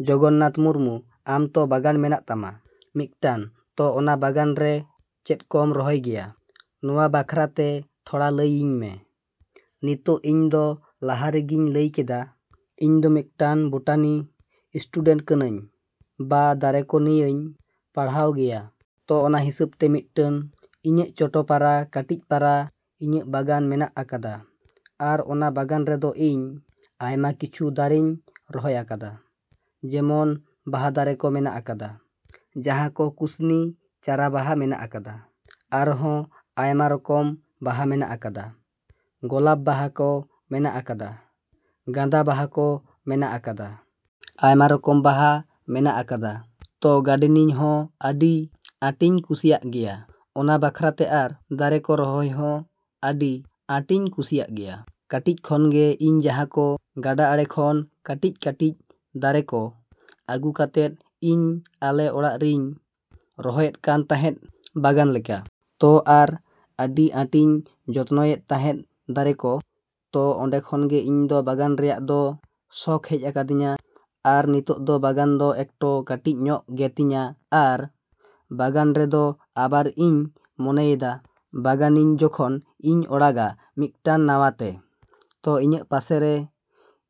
ᱡᱚᱜᱚᱱᱱᱟᱛᱷ ᱢᱩᱨᱢᱩ, ᱟᱢ ᱛᱚ ᱵᱟᱜᱟᱱ ᱢᱮᱱᱟᱜ ᱛᱟᱢᱟ ᱢᱤᱫᱴᱟᱝ ᱛᱚ ᱚᱱᱟ ᱵᱟᱜᱟᱱ ᱨᱮ ᱪᱮᱫ ᱠᱚᱢ ᱨᱚᱦᱚᱭ ᱜᱮᱭᱟ? ᱱᱚᱣᱟ ᱵᱟᱠᱷᱨᱟ ᱛᱮ ᱛᱷᱚᱲᱟ ᱞᱟᱹᱭ ᱤᱧ ᱢᱮ᱾ ᱱᱤᱛᱚᱜ ᱤᱧ ᱫᱚ ᱞᱟᱦᱟ ᱨᱮᱜᱤᱧ ᱞᱟᱹᱭ ᱠᱮᱫᱟ, ᱤᱧ ᱫᱚ ᱢᱤᱫᱴᱟᱝ ᱵᱚᱴᱟᱱᱤ ᱤᱥᱴᱩᱰᱮᱱᱴ ᱠᱟᱱᱟᱧ, ᱵᱟ ᱫᱟᱨᱮ ᱠᱚ ᱱᱤᱭᱟᱹᱧ ᱯᱟᱲᱦᱟᱜ ᱜᱮᱭᱟ᱾ ᱛᱚ ᱚᱱᱟ ᱦᱤᱥᱟᱹᱵ ᱛᱮ ᱢᱤᱫᱴᱟᱝ ᱤᱧᱟᱜ ᱪᱚᱴᱚ, ᱯᱟᱨᱟ, ᱠᱟᱹᱴᱤᱡ ᱯᱟᱨᱟ ᱤᱧᱟᱜ ᱵᱟᱜᱟᱱ ᱢᱮᱱᱟᱜ ᱟᱠᱟᱫᱟ᱾ ᱟᱨ ᱚᱱᱟ ᱵᱟᱜᱟᱱ ᱨᱮᱫᱚ ᱤᱧ ᱟᱭᱢᱟ ᱠᱤᱪᱷᱩ ᱫᱟᱨᱮᱧ ᱨᱚᱦᱚᱭ ᱟᱠᱟᱫᱟ, ᱡᱮᱢᱚᱱ ᱵᱟᱦᱟ ᱫᱟᱨᱮ ᱠᱚ ᱢᱮᱱᱟᱜ ᱟᱠᱟᱫᱟ, ᱡᱟᱦᱟᱸ ᱠᱚ ᱠᱩᱥᱱᱤ ᱪᱟᱨᱟ ᱵᱟᱦᱟ ᱢᱮᱱᱟᱜ ᱟᱠᱟᱫᱟ, ᱟᱨᱦᱚᱸ ᱟᱭᱢᱟ ᱨᱚᱠᱚᱢ ᱵᱟᱦᱟ ᱢᱮᱱᱟᱜ ᱟᱠᱟᱫᱟ, ᱜᱚᱞᱟᱯ ᱵᱟᱦᱟ ᱠᱚ ᱢᱮᱱᱟᱜ ᱟᱠᱟᱫᱟ, ᱜᱟᱸᱫᱟ ᱵᱟᱦᱟ ᱠᱚ ᱢᱮᱱᱟᱜ ᱟᱠᱟᱫᱟ᱾ ᱟᱭᱢᱟ ᱨᱚᱠᱚᱢ ᱵᱟᱦᱟ ᱢᱮᱱᱟᱜ ᱟᱠᱟᱫᱟ᱾ ᱛᱚ ᱜᱟᱰᱮᱱᱤᱝ ᱦᱚᱸ ᱟᱹᱰᱤ ᱟᱸᱴᱤᱧ ᱠᱩᱥᱤᱭᱟᱜ ᱜᱮᱭᱟ ᱚᱱᱟ ᱵᱟᱠᱷᱨᱟ ᱛᱮ ᱟᱨ ᱫᱟᱨᱮ ᱠᱚ ᱨᱚᱦᱚᱭ ᱦᱚᱸ ᱟᱹᱰᱤ ᱟᱸᱴᱤᱧ ᱠᱩᱥᱤᱭᱟᱜ ᱜᱮᱭᱟ᱾ ᱠᱟᱹᱴᱤᱡ ᱠᱷᱚᱱ ᱜᱮ ᱤᱧ ᱡᱟᱦᱟᱸ ᱠᱚ ᱜᱟᱰᱟ ᱟᱲᱮ ᱠᱷᱚᱱ ᱠᱟᱹᱴᱤᱡᱼᱠᱟᱹᱴᱤᱡ ᱫᱟᱨᱮ ᱠᱚ ᱟᱹᱜᱩ ᱠᱟᱛᱮᱫ, ᱤᱧ ᱟᱞᱮ ᱚᱲᱟᱜ ᱨᱤᱧ ᱨᱚᱦᱚᱭᱮᱫ ᱠᱟᱱ ᱛᱟᱦᱮᱸᱫ ᱵᱟᱜᱟᱱ ᱞᱮᱠᱟ᱾ ᱛᱚ ᱟᱨ ᱟᱹᱰᱤ ᱟᱸᱴᱤᱧ ᱡᱚᱛᱱᱚᱭᱮᱫ ᱛᱟᱦᱮᱸᱫ ᱫᱟᱨᱮ ᱠᱚ᱾ ᱛᱚ ᱚᱸᱰᱮ ᱠᱷᱚᱱ ᱜᱮ ᱤᱧ ᱫᱚ ᱵᱟᱜᱟᱱ ᱨᱮᱭᱟᱜ ᱫᱚ ᱥᱚᱠᱷ ᱦᱮᱡ ᱟᱠᱟᱫᱤᱧᱟ᱾ ᱟᱨ ᱱᱤᱛᱚᱜ ᱫᱚ ᱵᱟᱜᱟᱱ ᱫᱚ ᱮᱠᱴᱚ ᱠᱟᱹᱴᱤᱡ ᱧᱚᱜ ᱜᱮᱛᱤᱧᱟ᱾ ᱟᱨ ᱵᱟᱜᱟᱱ ᱨᱮᱫᱚ ᱟᱵᱟᱨ ᱤᱧ ᱢᱚᱱᱮᱭᱮᱫᱟ, ᱵᱟᱜᱟᱱᱤᱧ ᱡᱚᱠᱷᱚᱱ ᱤᱧ ᱚᱲᱟᱜᱼᱟ ᱢᱤᱫᱴᱟᱝ ᱱᱟᱶᱟ ᱛᱮ, ᱛᱚ ᱤᱧᱟᱜ ᱯᱟᱥᱮᱨᱮ,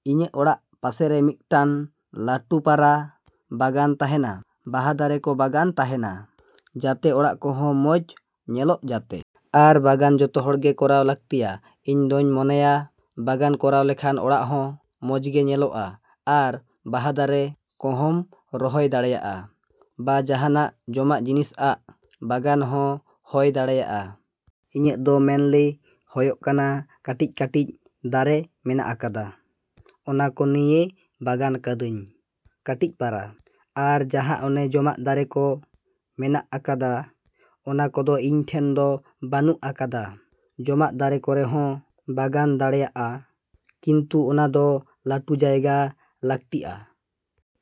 ᱤᱧᱟᱜ ᱚᱲᱟᱜ ᱯᱟᱥᱮᱨᱮ ᱢᱤᱫᱴᱟᱝ ᱞᱟᱹᱴᱩ ᱯᱟᱨᱟ ᱵᱟᱜᱟᱱ ᱛᱟᱦᱮᱱᱟ, ᱵᱟᱦᱟ ᱫᱟᱨᱮ ᱠᱚ ᱵᱟᱜᱟᱱ ᱛᱟᱦᱮᱱᱟ, ᱡᱟᱛᱮ ᱚᱲᱟᱜ ᱠᱚᱦᱚᱸ ᱢᱚᱡᱽ ᱧᱮᱞᱚᱜ ᱡᱟᱛᱮ᱾ ᱟᱨ ᱵᱟᱜᱟᱱ ᱡᱚᱛᱚ ᱦᱚᱲ ᱜᱮ ᱠᱚᱨᱟᱣ ᱞᱟᱹᱠᱛᱤᱭᱟ᱾ ᱤᱧ ᱫᱚᱧ ᱢᱚᱱᱮᱭᱟ, ᱵᱟᱜᱟᱱ ᱠᱚᱨᱟᱣ ᱞᱮᱠᱷᱟᱱ ᱚᱲᱟᱜ ᱦᱚᱸ ᱢᱚᱡᱽ ᱜᱮ ᱧᱮᱞᱚᱜᱼᱟ ᱟᱨ ᱵᱟᱦᱟ ᱫᱟᱨᱮ ᱠᱚᱦᱚᱸᱢ ᱨᱚᱦᱚᱭ ᱫᱟᱲᱮᱭᱟᱜᱼᱟ, ᱵᱟ ᱡᱟᱦᱟᱱᱟᱜ ᱡᱚᱢᱟᱜ ᱡᱤᱱᱤᱥ ᱟᱜ ᱵᱟᱜᱟᱱ ᱦᱚᱸ ᱦᱚᱭ ᱫᱟᱲᱮᱭᱟᱜᱼᱟ᱾ ᱤᱧᱟᱜ ᱫᱚ ᱢᱮᱱᱞᱤ ᱦᱚᱭᱚᱜ ᱠᱟᱱᱟ ᱠᱟᱹᱴᱤᱡᱼᱠᱟᱹᱴᱤᱡ ᱫᱟᱨᱮ ᱦᱮᱱᱟᱜ ᱟᱠᱟᱫᱟ, ᱚᱱᱟ ᱠᱚ ᱱᱤᱭᱮ ᱵᱟᱜᱟᱱ ᱠᱟᱫᱟᱹᱧ ᱠᱟᱹᱴᱤᱡ ᱯᱟᱨᱟ᱾ ᱟᱨ ᱡᱟᱦᱟᱸ ᱚᱱᱮ ᱡᱚᱢᱟᱜ ᱫᱟᱨᱮ ᱠᱚ ᱢᱮᱱᱟᱜ ᱟᱠᱟᱫᱟ, ᱚᱱᱟ ᱠᱚᱫᱚ ᱤᱧ ᱴᱷᱮᱱ ᱫᱚ ᱵᱟᱹᱱᱩᱜ ᱟᱠᱟᱫᱟ᱾ ᱡᱚᱢᱟᱜ ᱫᱟᱨᱮ ᱠᱚᱨᱮ ᱦᱚᱸ ᱵᱟᱜᱟᱱ ᱫᱟᱲᱮᱭᱟᱜᱼᱟ, ᱠᱤᱱᱛᱩ ᱚᱱᱟ ᱫᱚ ᱞᱟᱹᱴᱩ ᱡᱟᱭᱜᱟ ᱞᱟᱹᱠᱛᱤᱜᱼᱟ᱾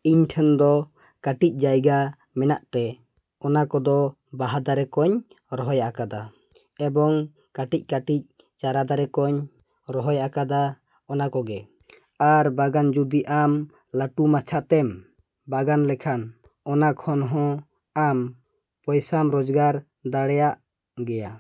ᱤᱧ ᱴᱷᱮᱱ ᱫᱚ ᱠᱟᱹᱴᱤᱡ ᱡᱟᱭᱜᱟ ᱢᱮᱱᱟᱜ ᱛᱮ ᱚᱱᱟ ᱠᱚᱫᱚ ᱵᱟᱦᱟ ᱫᱟᱨᱮ ᱠᱚᱧ ᱨᱚᱦᱚᱭ ᱟᱠᱟᱫᱟ ᱮᱵᱚᱝ ᱠᱟᱹᱴᱤᱡᱼᱠᱟᱹᱴᱤᱡ ᱪᱟᱨᱟ ᱫᱟᱨᱮ ᱠᱚᱧ ᱨᱚᱦᱚᱭ ᱟᱠᱟᱫᱟ ᱚᱱᱟ ᱠᱚᱜᱮ᱾ ᱟᱨ ᱵᱟᱜᱟᱱ ᱡᱩᱫᱤ ᱟᱢ ᱞᱟᱹᱴᱩ ᱢᱟᱪᱷᱟ ᱛᱮᱢ ᱵᱟᱜᱟᱱ ᱞᱮᱠᱷᱟᱱ, ᱚᱱᱟ ᱠᱷᱚᱱ ᱦᱚᱸ ᱟᱢ ᱯᱚᱭᱥᱟᱢ ᱨᱚᱡᱜᱟᱨ ᱫᱟᱲᱮᱭᱟᱜ ᱜᱮᱭᱟ᱾